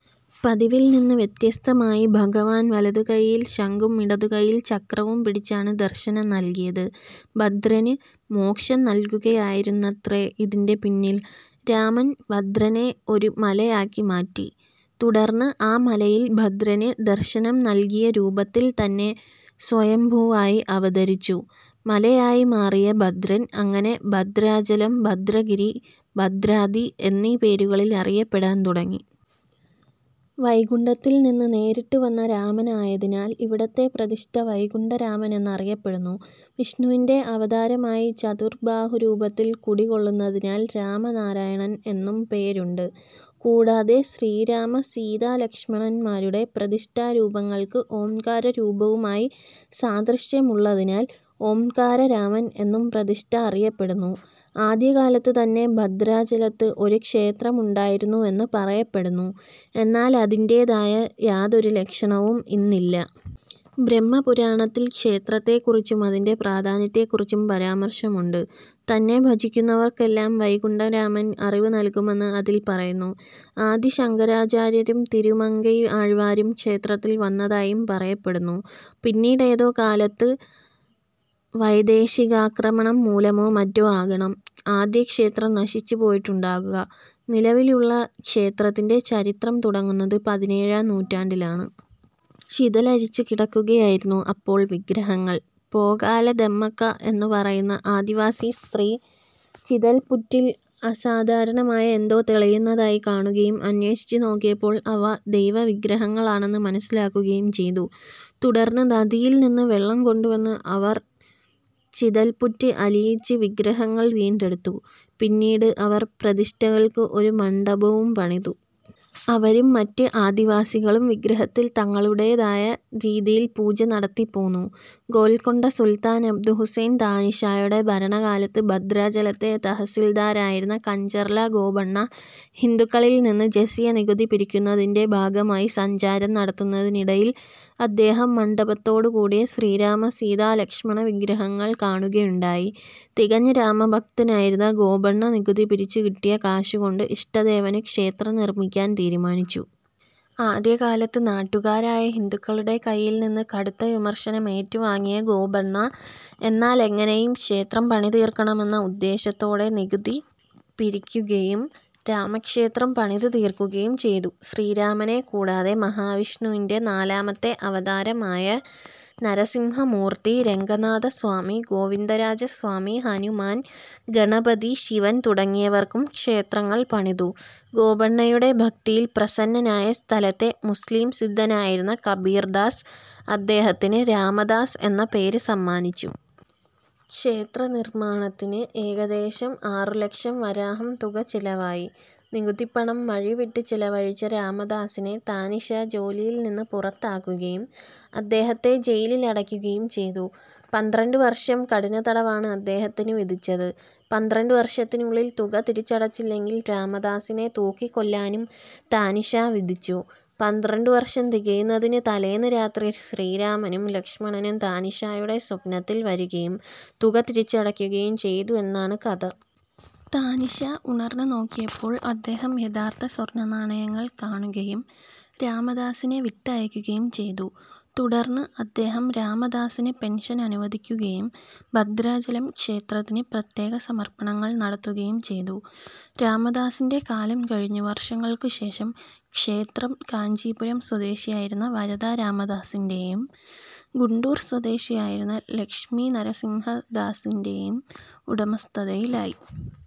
പതിവിൽ നിന്ന് വ്യത്യസ്തമായി ഭഗവാൻ വലതുകയ്യിൽ ശംഖും ഇടതുകയ്യിൽ ചക്രവും പിടിച്ചാണ് ദർശനം നൽകിയത്. ഭദ്രന് മോക്ഷം നൽകുകയായിരുന്നത്രേ ഇതിന്റെ പിന്നിൽ. രാമൻ ഭദ്രനെ ഒരു മലയാക്കി മാറ്റി. തുടർന്ന്, ആ മലയിൽ ഭദ്രന് ദർശനം നൽകിയ രൂപത്തിൽ തന്നെ സ്വയംഭൂവായി അവതരിച്ചു. മലയായി മാറിയ ഭദ്രൻ, അങ്ങനെ 'ഭദ്രാചലം', 'ഭദ്രഗിരി', 'ഭദ്രാദ്രി' എന്നീ പേരുകളിൽ അറിയപ്പെടാൻ തുടങ്ങി. വൈകുണ്ഠത്തിൽ നിന്ന് നേരിട്ടുവന്ന രാമനായതിനാൽ, ഇവിടത്തെ പ്രതിഷ്ഠ 'വൈകുണ്ഠ രാമൻ' എന്നറിയപ്പെടുന്നു. വിഷ്ണുവിന്റെ അവതാരമായി ചതുർബാഹുരൂപത്തിൽ കുടികൊള്ളുന്നതിനാൽ 'രാമനാരായണൻ' എന്നും പേരുണ്ട്. കൂടാതെ, ശ്രീരാമ-സീതാ-ലക്ഷ്മണന്മാരുടെ പ്രതിഷ്ഠാരൂപങ്ങൾക്ക് ഓംകാരരൂപവുമായി സാദൃശ്യമുള്ളതിനാൽ, 'ഓംകാരരാമൻ' എന്നും പ്രതിഷ്ഠ അറിയപ്പെടുന്നു. ആദ്യകാലത്തുതന്നെ ഭദ്രാചലത്ത് ഒരു ക്ഷേത്രമുണ്ടായിരുന്നുവെന്ന് പറയപ്പെടുന്നു. എന്നാൽ, അതിന്റേതായ യാതൊരു ലക്ഷണവും ഇന്നില്ല. ബ്രഹ്മപുരാണത്തിൽ ക്ഷേത്രത്തെക്കുറിച്ചും അതിന്റെ പ്രാധാന്യത്തെക്കുറിച്ചും പരാമർശമുണ്ട്. തന്നെ ഭജിയ്ക്കുന്നവർക്കെല്ലാം വൈകുണ്ഠരാമൻ അറിവു നൽകുമെന്ന് അതിൽ പറയുന്നു. ആദി ശങ്കരാചാര്യരും തിരുമങ്കൈ ആഴ്വാരും ക്ഷേത്രത്തിൽ വന്നതായും പറയപ്പെടുന്നു. പിന്നീടേതോ കാലത്ത് വൈദേശികാക്രമണം മൂലമോ മറ്റോ ആകണം ആദ്യക്ഷേത്രം നശിച്ചുപോയിട്ടുണ്ടാകുക. നിലവിലുള്ള ക്ഷേത്രത്തിന്റെ ചരിത്രം തുടങ്ങുന്നത് പതിനേഴാം നൂറ്റാണ്ടിലാണ്. ചിതലരിച്ചുകിടക്കുകയായിരുന്നു അപ്പോൾ വിഗ്രഹങ്ങൾ. പോകാല ദമ്മക്ക എന്നുപറയുന്ന ആദിവാസി സ്ത്രീ ചിതൽപ്പുറ്റിൽ അസാധാരണമായ എന്തോ തെളിയുന്നതായി കാണുകയും അന്വേഷിച്ചുനോക്കിയപ്പോൾ അവ ദൈവവിഗ്രഹങ്ങളാണെന്ന് മനസ്സിലാക്കുകയും ചെയ്തു. തുടർന്ന്, നദിയിൽ നിന്ന് വെള്ളം കൊണ്ടുവന്ന് അവർ ചിതൽപ്പുറ്റ് അലിയിച്ച് വിഗ്രഹങ്ങൾ വീണ്ടെടുത്തു. പിന്നീട് അവർ പ്രതിഷ്ഠകൾക്ക് ഒരു മണ്ഡപവും പണിതു. അവരും മറ്റ് ആദിവാസികളും വിഗ്രഹത്തിൽ തങ്ങളുടേതായ രീതിയിൽ പൂജ നടത്തിപ്പോന്നു. ഗോൽക്കൊണ്ട സുൽത്താൻ അബ്ദുഹസ്സൻ താനിഷായുടെ ഭരണകാലത്ത്, ഭദ്രാചലത്തെ തഹസിൽദാരായിരുന്ന കഞ്ചർല ഗോപണ്ണ ഹിന്ദുക്കളിൽ നിന്ന് ജസിയ നികുതി പിരിയ്ക്കുന്നതിന്റെ ഭാഗമായി സഞ്ചാരം നടത്തുന്നതിനിടയിൽ, അദ്ദേഹം മണ്ഡപത്തോടുകൂടിയ ശ്രീരാമ-സീതാ-ലക്ഷ്മണവിഗ്രഹങ്ങൾ കാണുകയുണ്ടായി. തികഞ്ഞ രാമഭക്തനായിരുന്ന ഗോപണ്ണ നികുതി പിരിച്ചുകിട്ടിയ കാശുകൊണ്ട് ഇഷ്ടദേവന് ക്ഷേത്രം നിർമ്മിയ്ക്കാൻ തീരുമാനിച്ചു. ആദ്യകാലത്ത് നാട്ടുകാരായ ഹിന്ദുക്കളുടെ കയ്യിൽ നിന്ന് കടുത്ത വിമർശനം ഏറ്റുവാങ്ങിയ ഗോപണ്ണ, എന്നാൽ എങ്ങനെയും ക്ഷേത്രം പണിതീർക്കണമെന്ന ഉദ്ദേശ്യത്തോടെ നികുതി പിരിയ്ക്കുകയും രാമക്ഷേത്രം പണിതുതീർക്കുകയും ചെയ്തു. ശ്രീരാമനെക്കൂടാതെ മഹാവിഷ്ണുവിന്റെ നാലാമത്തെ അവതാരമായ നരസിംഹമൂർത്തി, രംഗനാഥസ്വാമി, ഗോവിന്ദരാജസ്വാമി, ഹനുമാൻ, ഗണപതി, ശിവൻ തുടങ്ങിയവർക്കും ക്ഷേത്രങ്ങൾ പണിതു. ഗോപണ്ണയുടെ ഭക്തിയിൽ പ്രസന്നനായ സ്ഥലത്തെ മുസ്ലിം സിദ്ധനായിരുന്ന കബീർദാസ്, അദ്ദേഹത്തിന് 'രാമദാസ്' എന്ന പേര് സമ്മാനിച്ചു. ക്ഷേത്രനിർമ്മാണത്തിന് ഏകദേശം ആറുലക്ഷം വരാഹം തുക ചെലവായി. നികുതിപ്പണം വഴിവിട്ട് ചെലവഴിച്ച രാമദാസിനെ താനിഷാ ജോലിയിൽ നിന്ന് പുറത്താക്കുകയും അദ്ദേഹത്തെ ജയിലിൽ അടയ്ക്കുകയും ചെയ്തു. പന്ത്രണ്ടുവർഷം കഠിനതടവാണ് അദ്ദേഹത്തിന് വിധിച്ചത്. പന്ത്രണ്ടുവർഷത്തിനുള്ളിൽ തുക തിരിച്ചടച്ചില്ലെങ്കിൽ രാമദാസിനെ തൂക്കിക്കൊല്ലാനും താനിഷാ വിധിച്ചു. പന്ത്രണ്ടുവർഷം തികയുന്നതിന്റെ തലേന്ന് രാത്രി ശ്രീരാമനും ലക്ഷ്മണനും താനിഷായുടെ സ്വപ്നത്തിൽ വരികയും തുക തിരിച്ചടയ്ക്കുകയും ചെയ്തു എന്നാണ് കഥ. താനിഷാ ഉണർന്നുനോക്കിയപ്പോൾ അദ്ദേഹം യഥാർത്ഥ സ്വർണ്ണനാണയങ്ങൾ കാണുകയും രാമദാസിനെ വിട്ടയയ്ക്കുകയും ചെയ്തു. തുടർന്ന് അദ്ദേഹം രാമദാസിന് പെൻഷൻ അനുവദിയ്ക്കുകയും ഭദ്രാചലം ക്ഷേത്രത്തിന് പ്രത്യേക സമർപ്പണങ്ങൾ നടത്തുകയും ചെയ്തു. രാമദാസിന്റെ കാലം കഴിഞ്ഞ് വർഷങ്ങൾക്കുശേഷം, ക്ഷേത്രം കാഞ്ചീപുരം സ്വദേശിയായിരുന്ന വരദ രാമദാസിന്റെയും ഗുണ്ടൂർ സ്വദേശിയായിരുന്ന ലക്ഷ്മീനരസിംഹദാസിന്റെയും ഉടമസ്ഥതയിലായി.